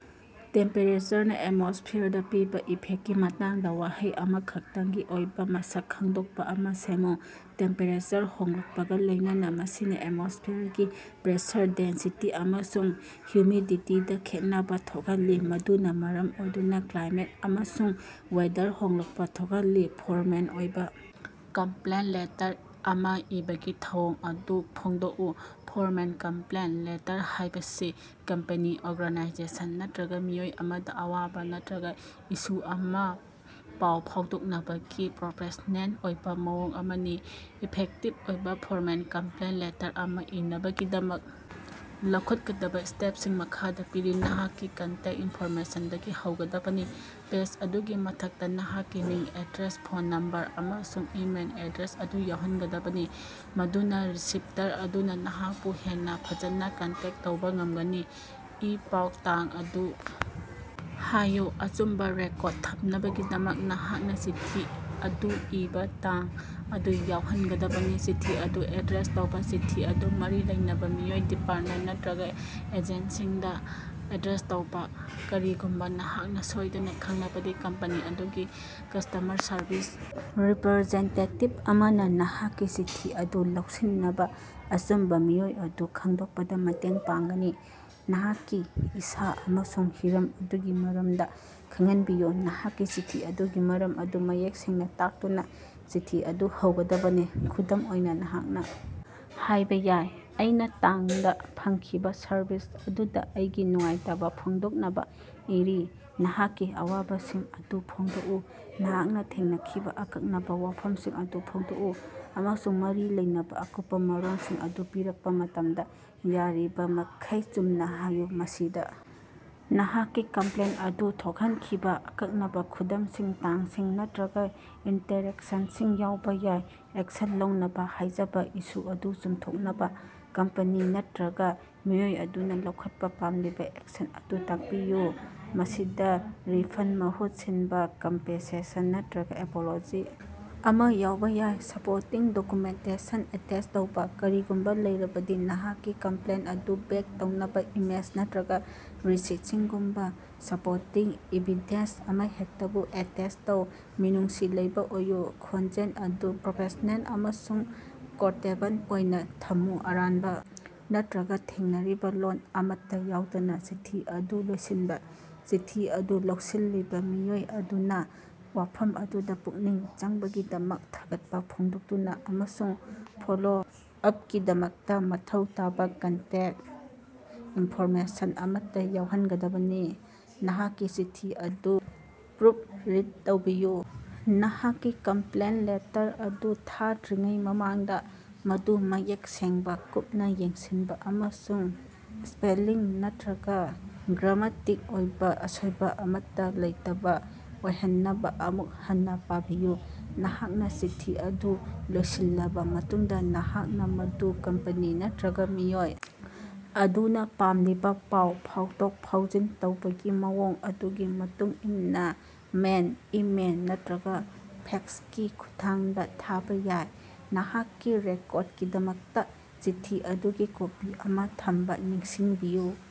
ꯇꯦꯝꯄꯦꯔꯦꯆꯔꯅ ꯑꯦꯠꯃꯣꯁ꯭ꯐꯤꯌꯔꯗ ꯄꯤꯕ ꯏꯐꯦꯛꯀꯤ ꯃꯇꯥꯡꯗ ꯋꯥꯍꯩ ꯑꯃꯈꯛꯇꯪꯒꯤ ꯑꯣꯏꯕ ꯃꯁꯛ ꯈꯪꯗꯣꯛꯄ ꯑꯃꯥ ꯁꯦꯝꯃꯨ꯫ ꯇꯦꯝꯄꯦꯔꯦꯆꯔ ꯍꯣꯡꯂꯛꯄꯒ ꯂꯣꯏꯅꯅꯥ ꯃꯁꯤꯅ ꯑꯦꯠꯃꯣꯁ꯭ꯐꯤꯌꯔꯒꯤ ꯄ꯭ꯔꯦꯁꯔ, ꯗꯦꯟꯁꯤꯇꯤ ꯑꯃꯁꯨꯡ ꯍꯨꯃꯤꯗꯤꯇꯤꯗ ꯈꯦꯠꯅꯕ ꯊꯣꯛꯍꯜꯂꯤ, ꯃꯗꯨꯅ ꯃꯔꯝ ꯑꯣꯏꯗꯨꯅ ꯀ꯭ꯂꯥꯏꯃꯦꯠ ꯑꯃꯁꯨꯡ ꯋꯦꯗꯔ ꯍꯣꯡꯂꯛꯄ ꯊꯣꯛꯍꯜꯂꯤ꯫ ꯐꯣꯔꯃꯦꯜ ꯑꯣꯏꯕ ꯀꯝꯄ‌꯭ꯂꯦꯟ ꯂꯦꯇꯔ ꯑꯃꯥ ꯏꯕꯒꯤ ꯊꯧꯑꯣꯡ ꯑꯗꯨ ꯐꯣꯡꯗꯣꯛꯎ꯫ ꯐꯣꯔꯃꯦꯜ ꯀꯝꯄ‍꯭ꯂꯦꯟ ꯂꯦꯇꯔ ꯍꯥꯏꯕꯁꯤ ꯀꯝꯄꯅꯤ, ꯑꯣꯔꯒꯥꯅꯥꯏꯖꯦꯁꯟ ꯅꯠꯇ꯭ꯔꯒ ꯃꯤꯑꯣꯏ ꯑꯃꯗ ꯑꯋꯥꯕ ꯅꯠꯇꯔꯒ ꯏꯁꯨ ꯑꯃꯥ ꯄꯥꯎ ꯐꯥꯎꯗꯣꯛꯅꯕꯒꯤ ꯄ꯭ꯔꯣꯐꯦꯁꯅꯦꯜ ꯑꯣꯏꯕ ꯃꯑꯣꯡ ꯑꯃꯅꯤ꯫ ꯏꯐꯦꯛꯇꯤꯚ ꯑꯣꯏꯕ ꯐꯣꯔꯃꯦꯜ ꯀꯝꯄ꯭ꯂꯦꯟꯠ ꯂꯦꯇꯔ ꯑꯃ ꯏꯅꯕꯒꯤꯗꯃꯛ ꯂꯧꯈꯠꯀꯗꯕ ꯁ꯭ꯇꯦꯞꯁꯤꯡ ꯃꯈꯥꯗ ꯄꯤꯔꯤ: ꯅꯍꯥꯛꯀꯤ ꯀꯟꯇꯦꯛ ꯏꯟꯐꯣꯔꯃꯦꯁꯟꯗꯒꯤ ꯍꯧꯒꯗꯕꯅꯤ: ꯄꯦꯖ ꯑꯗꯨꯒꯤ ꯃꯊꯛꯇ, ꯅꯍꯥꯛꯀꯤ ꯃꯤꯡ, ꯑꯦꯗ꯭ꯔꯦꯁ, ꯐꯣꯟ ꯅꯝꯕꯔ, ꯑꯃꯁꯨꯡ ꯏꯃꯦꯏꯜ ꯑꯦꯗ꯭ꯔꯦꯁ ꯑꯗꯨ ꯌꯥꯎꯍꯟꯒꯗꯕꯅꯤ, ꯃꯗꯨꯅ ꯔꯤꯁꯤꯞꯇꯔ ꯑꯗꯨꯅ ꯅꯍꯥꯛꯄꯨ ꯍꯦꯟꯅ ꯐꯖꯅ ꯀꯟꯇꯦꯛ ꯇꯧꯕꯥ ꯉꯝꯒꯅꯤ꯫ ꯏꯄꯥꯎ ꯇꯥꯡ ꯑꯗꯨ ꯍꯥꯏꯌꯨ: ꯑꯆꯨꯝꯕ ꯔꯦꯀꯣꯔꯗ ꯊꯝꯅꯕꯒꯤꯗꯃꯛ ꯅꯍꯥꯛꯅ ꯆꯤꯊꯤ ꯑꯗꯨ ꯏꯕ ꯇꯥꯡ ꯑꯗꯨ ꯌꯥꯎꯍꯟꯒꯗꯕꯅꯤ꯫ ꯆꯤꯊꯤ ꯑꯗꯨ ꯑꯦꯗ꯭ꯔꯦꯁ ꯇꯧꯕꯥ: ꯆꯤꯊꯤ ꯑꯗꯨ ꯃꯔꯤ ꯂꯩꯅꯕ ꯃꯤꯑꯣꯏ, ꯗꯤꯄꯥꯔꯠꯃꯦꯟꯇ ꯅꯠꯇꯔꯒ ꯑꯦꯖꯦꯟꯁꯤꯗ ꯑꯦꯗ꯭ꯔꯦꯁ ꯇꯧꯕ꯫ ꯀꯔꯤꯒꯨꯝꯕ ꯅꯍꯥꯛꯅ ꯁꯣꯏꯗꯅ ꯈꯪꯂꯕꯗꯤ, ꯀꯝꯄꯅꯤ ꯑꯗꯨꯒꯤ ꯀꯁ꯭ꯇꯃꯔ ꯁꯔꯚꯤꯁ ꯔꯤꯄꯔꯖꯦꯟꯇꯦꯇꯤꯚ ꯑꯃꯅ ꯅꯍꯥꯛꯀꯤ ꯆꯤꯊꯤ ꯑꯗꯨ ꯂꯧꯁꯤꯟꯅꯕ ꯑꯆꯨꯝꯕ ꯃꯤꯑꯣꯏ ꯑꯗꯨ ꯈꯪꯗꯣꯛꯄꯗ ꯃꯇꯦꯡ ꯄꯥꯡꯒꯅꯤ꯫ ꯅꯍꯥꯛꯀꯤ ꯏꯁꯥ ꯑꯃꯁꯨꯡ ꯍꯤꯔꯝ ꯑꯗꯨꯒꯤ ꯃꯔꯝꯗ ꯈꯪꯍꯟꯕꯤꯌꯨ: ꯅꯍꯥꯛꯀꯤ ꯆꯤꯊꯤ ꯑꯗꯨꯒꯤ ꯃꯔꯝ ꯑꯗꯨ ꯃꯌꯦꯛ ꯁꯦꯡꯅ ꯇꯥꯛꯇꯨꯅ ꯆꯤꯊꯤ ꯑꯗꯨ ꯍꯧꯒꯗꯕꯅꯤ꯫ ꯈꯨꯗꯝ ꯑꯣꯏꯅ, ꯅꯍꯥꯛꯅ ꯍꯥꯏꯕ ꯌꯥꯏ, ꯑꯩꯅꯥ ꯇꯥꯡꯗꯥ ꯐꯪꯈꯤꯕ ꯁꯔꯚꯤꯁ ꯑꯗꯨꯗ ꯑꯩꯒꯤ ꯅꯨꯡꯉꯥꯏꯇꯕ ꯐꯣꯡꯗꯣꯛꯅꯕꯥ ꯏꯔꯤ꯫ ꯅꯍꯥꯛꯀꯤ ꯑꯋꯥꯕꯁꯤꯡ ꯑꯗꯨ ꯐꯣꯡꯗꯣꯛꯎ: ꯅꯍꯥꯛꯅ ꯊꯦꯡꯅꯈꯤꯕ ꯑꯀꯛꯅꯕ ꯋꯥꯐꯝꯁꯤꯡ ꯑꯗꯨ ꯐꯣꯡꯗꯣꯛꯎ, ꯑꯃꯁꯨꯡ ꯃꯔꯤ ꯂꯩꯅꯕ ꯑꯀꯨꯞꯄ ꯃꯔꯣꯜꯁꯤꯡ ꯑꯗꯨ ꯄꯤꯔꯛꯄ ꯃꯇꯝꯗ ꯌꯥꯔꯤꯕꯃꯈꯩ ꯆꯨꯝꯅ ꯍꯥꯏꯌꯨ꯫ ꯃꯁꯤꯗ ꯅꯍꯥꯛꯀꯤ ꯀꯝꯄ꯭ꯂꯦꯟꯠ ꯑꯗꯨ ꯊꯣꯛꯍꯟꯈꯤꯕ ꯑꯀꯛꯅꯕ ꯈꯨꯗꯝꯁꯤꯡ, ꯇꯥꯡꯁꯤꯡ ꯅꯠꯇꯔꯒ ꯏꯟꯇꯔꯦꯛꯁꯟꯁꯤꯡ ꯌꯥꯎꯕ ꯌꯥꯏ꯫ ꯑꯦꯛꯁꯟ ꯂꯧꯅꯕꯥ ꯍꯥꯏꯖꯕꯥ: ꯏꯁꯨ ꯑꯗꯨ ꯆꯨꯝꯊꯣꯛꯅꯕ ꯀꯝꯄꯅꯤ ꯅꯠꯇꯔꯒ ꯃꯤꯑꯣꯏ ꯑꯗꯨꯅ ꯂꯧꯈꯠꯄ ꯄꯥꯝꯂꯤꯕ ꯑꯦꯛꯁꯟ ꯑꯗꯨ ꯇꯥꯛꯄꯤꯌꯨ꯫ ꯃꯁꯤꯗ ꯔꯤꯐꯟꯗ, ꯃꯍꯨꯠ ꯁꯤꯟꯕ, ꯀꯝꯄꯦꯟꯁꯦꯁꯟ ꯅꯠꯇꯔꯒ ꯑꯦꯄꯣꯂꯣꯖꯤ ꯑꯃꯥ ꯌꯥꯎꯕ ꯌꯥꯏ꯫ ꯁ‌꯭ꯄꯣꯔꯇꯤꯡ ꯗꯣꯀ꯭ꯌꯨꯃꯦꯟꯇꯦꯁꯟ ꯑꯦꯇꯦꯆ ꯇꯧꯕꯥ: ꯀꯔꯤꯒꯨꯝꯕ ꯂꯩꯔꯕꯗꯤ, ꯅꯍꯥꯛꯀꯤ ꯀꯝꯄ꯭ꯂꯦꯟꯇ ꯑꯗꯨ ꯕꯦꯛ ꯇꯧꯅꯕ ꯏꯃꯦꯖ ꯅꯠꯇꯔꯒ ꯔꯤꯁꯤꯠꯁꯤꯡꯒꯨꯝꯕ ꯁ꯭ꯄꯣꯔꯇꯤꯡ ꯏꯚꯤꯗꯦꯟꯁ ꯑꯃꯍꯦꯛꯇꯕꯨ ꯑꯦꯇꯦꯆ ꯇꯧ꯫ ꯃꯤꯅꯨꯡꯁꯤ ꯂꯩꯕ ꯑꯣꯏꯌꯨ: ꯈꯣꯟꯖꯦꯜ ꯑꯗꯨ ꯄ꯭ꯔꯣꯐꯦꯁ꯭ꯅꯦꯜ ꯑꯃꯁꯨꯡ ꯀꯣꯔꯇꯦꯕꯜ ꯑꯣꯏꯅ ꯊꯝꯃꯨ, ꯑꯔꯥꯟꯕ ꯅꯠꯇꯔꯒ ꯊꯦꯡꯅꯔꯤꯕ ꯂꯣꯜ ꯑꯃꯠꯇ ꯌꯥꯎꯗꯅ꯫ ꯆꯤꯊꯤ ꯑꯗꯨ ꯂꯣꯏꯁꯤꯟꯕ: ꯆꯤꯊꯤ ꯑꯗꯨ ꯂꯧꯁꯤꯜꯂꯤꯕ ꯃꯤꯑꯣꯏ ꯑꯗꯨꯅ ꯋꯥꯐꯝ ꯑꯗꯨꯗ ꯄꯨꯛꯅꯤꯡ ꯆꯪꯕꯒꯤꯗꯃꯛ ꯊꯥꯒꯠꯄ ꯐꯣꯡꯗꯣꯛꯇꯨꯅ ꯑꯃꯁꯨꯡ ꯐꯣꯂꯣ-ꯑꯞꯀꯤꯗꯃꯛꯇ ꯃꯊꯧ ꯇꯥꯕ ꯀꯟꯇꯦꯛ ꯏꯟꯐꯣꯔꯃꯦꯁꯟ ꯑꯃꯠꯇ ꯌꯥꯎꯍꯟꯒꯗꯕꯅꯤ꯫ ꯅꯍꯥꯛꯀꯤ ꯆꯤꯊꯤ ꯑꯗꯨ ꯄ꯭ꯔꯨꯐ ꯔꯤꯠ ꯇꯧꯕꯤꯌꯨ: ꯅꯍꯥꯛꯀꯤ ꯀꯝꯄ꯭ꯂꯦꯟ ꯂꯦꯇꯔ ꯑꯗꯨ ꯊꯥꯗ꯭ꯔꯤꯉꯩ ꯃꯃꯥꯡꯗ, ꯃꯗꯨ ꯃꯌꯦꯛ ꯁꯦꯡꯕ, ꯀꯨꯞꯅ ꯌꯦꯡꯁꯤꯟꯕ ꯑꯃꯁꯨꯡ ꯁ꯭ꯄꯦꯂꯤꯡ ꯅꯠꯇꯔꯒ ꯒ꯭ꯔꯥꯃꯦꯇꯤꯛ ꯑꯣꯏꯕ ꯑꯁꯣꯏꯕ ꯑꯃꯠꯇꯥ ꯂꯩꯇꯕ ꯑꯣꯏꯍꯟꯅꯕ ꯑꯃꯨꯛ ꯍꯟꯅ ꯄꯥꯕꯤꯌꯨ꯫ ꯅꯍꯥꯛꯅ ꯆꯤꯊꯤ ꯑꯗꯨ ꯂꯣꯏꯁꯤꯜꯂꯕ ꯃꯇꯨꯡꯗ, ꯅꯍꯥꯛꯅ ꯃꯗꯨ ꯀꯝꯄꯅꯤ ꯅꯠꯇ꯭ꯔꯒ ꯃꯤꯑꯣꯏ ꯑꯗꯨꯅ ꯄꯥꯝꯂꯤꯕꯥ ꯄꯥꯎ ꯐꯥꯎꯗꯣꯛ-ꯐꯥꯎꯖꯤꯟ ꯇꯧꯕꯒꯤ ꯃꯑꯣꯡ ꯑꯗꯨꯒꯤ ꯃꯇꯨꯡꯏꯟꯅ ꯃꯦꯏꯜ, ꯏꯃꯦꯏꯜ ꯅꯠꯇ꯭ꯔꯒ ꯐꯦꯛꯁꯀꯤ ꯈꯨꯠꯊꯥꯡꯗ ꯊꯥꯕ ꯌꯥꯏ꯫ ꯅꯍꯥꯛꯀꯤ ꯔꯦꯀꯣꯔꯗꯀꯤꯗꯃꯛꯇ ꯆꯤꯊꯤ ꯑꯗꯨꯒꯤ ꯀꯣꯄꯤ ꯑꯃꯥ ꯊꯝꯕꯥ ꯅꯤꯡꯁꯤꯡꯕꯤꯌꯨ꯫